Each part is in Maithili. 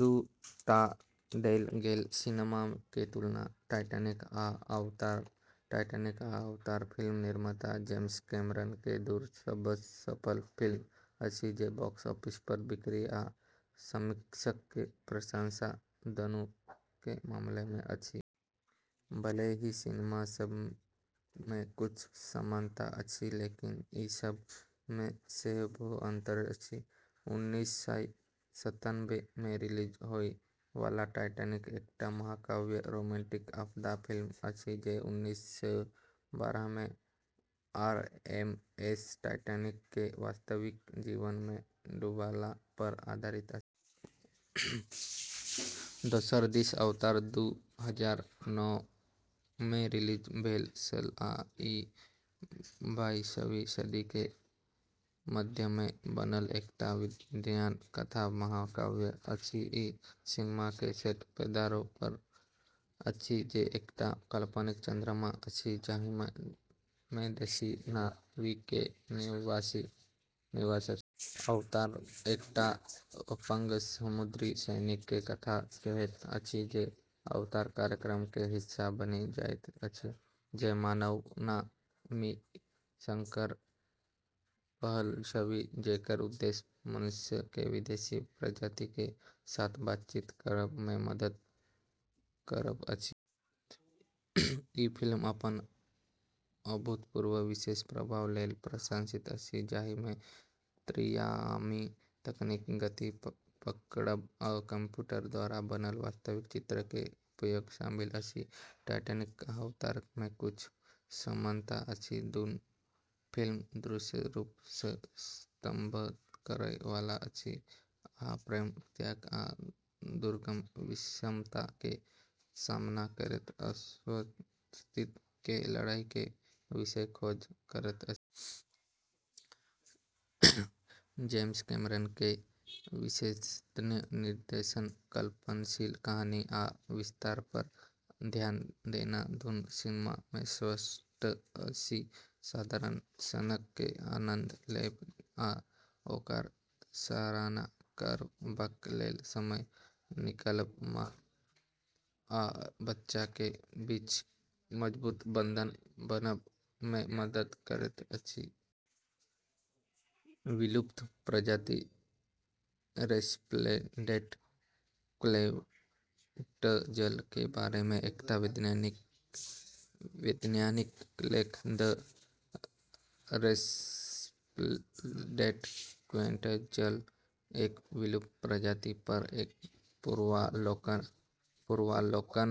दू टा देल गेल सिनेमा के तुलना। टाइटैनिक आ अवतार। टाइटैनिक आ अवतार फिल्म निर्माता जेम्स कैमरन के दू सबसँ सफल फिल्म अछि, जे बॉक्स ऑफिस पर बिक्री आ समीक्षक के प्रशंसा दुनू के मामला मे अछि। भले ही ई सिनेमा सब मे किछु समानता अछि, लेकिन ई सब मे सेहो बहुत अंतर अछि। उन्नीस सय सत्तानबे मे रिलीज होय वाला टाइटैनिक एकटा महाकाव्य रोमांटिक आपदा फिल्म अछि जे उन्नीस सय बारह मे आरएमएस टाइटैनिक के वास्तविक जीवन मे डूबला पर आधारित अछि। दोसर दिस अवतार दू हजार नौ मे रिलीज भेल छल आ ई बाइसवीं सदी के मध्य मे बनल एकटा विज्ञान कथा महाकाव्य अछि। ई सिनेमा के सेट पैंडोरा पर अछि, जे एकटा काल्पनिक चंद्रमा अछि, जाहि मे देशी ना वी के निवास अछि। अवतार एकटा अपंग समुद्री सैनिक के कथा कहैत अछि जे अवतार कार्यक्रम के हिस्सा बनि जाइत अछि, जे मानव ना वी संकर पहल अछि जेकर उद्देश्य मनुष्य के विदेशी प्रजाति के साथ बातचीत करब मे मदद करब अछि। ई फिल्म अपन अभूतपूर्व विशेष प्रभाव लेल प्रशंसित अछि, जाहि मे त्रिआयामी तकनीक, गति पकड़ब, आ कंप्यूटर द्वारा बनल वास्तविक चित्र के उपयोग शामिल अछि। टाइटैनिक आ अवतार मे किछु समानता अछि। दुनू फिल्म दृश्य रूप सँ स्तब्ध करय वाला अछि आ प्रेम, त्याग, आ दुर्गम विषमता के सामना करैत अस्तित्व के लड़ाई के विषय के खोज करैत अछि। जेम्स कैमरन के विशेषज्ञ निर्देशन, कल्पनाशील कहानी, आ विस्तार पर ध्यान देना दुनू सिनेमा मे स्पष्ट अछि। साधारण क्षणक के आनंद लेब आ ओकर सराहना करबाक लेल समय निकालब माँ आ बच्चा के बीच मजबूत बंधन बनएब मे मदद करैत अछि। विलुप्त प्रजाति, रेस्प्लेंडेंट क्वेट्ज़ल के बारे मे एकटा वैज्ञानिक लेख। द रेस्प्लेंडेंट क्वेट्ज़ल एक विलुप्त प्रजाति पर एक पूर्वालोकन।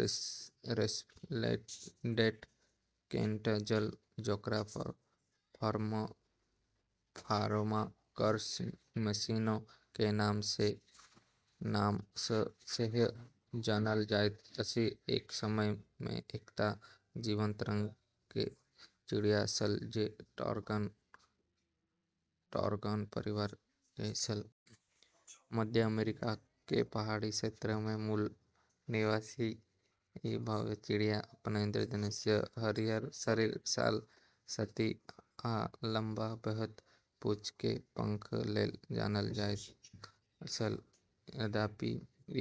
रेस्प्लेंडेंट क्वेट्ज़ल, जकरा फारोमाक्रस मोसिनो के नाम सँ सेहो जानल जाइत अछि, एक समय मे एकटा जीवंत रंग के चिड़िया छल जे ट्रोगन परिवार के छल। मध्य अमेरिका के पहाड़ी क्षेत्र के मूल निवासी ई भव्य चिड़िया अपन इंद्रधनुषी हरियर शरीर, लाल छाती आ लम्बा, बहैत पूँछ के पंख लेल जानल जाइत छल। यद्यपि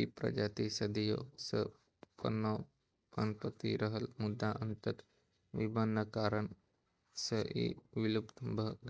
ई प्रजाति सदियो सँ पनपैत रहल, मुदा अंततः विभिन्न कारण सँ ई विलुप्त भ गेल।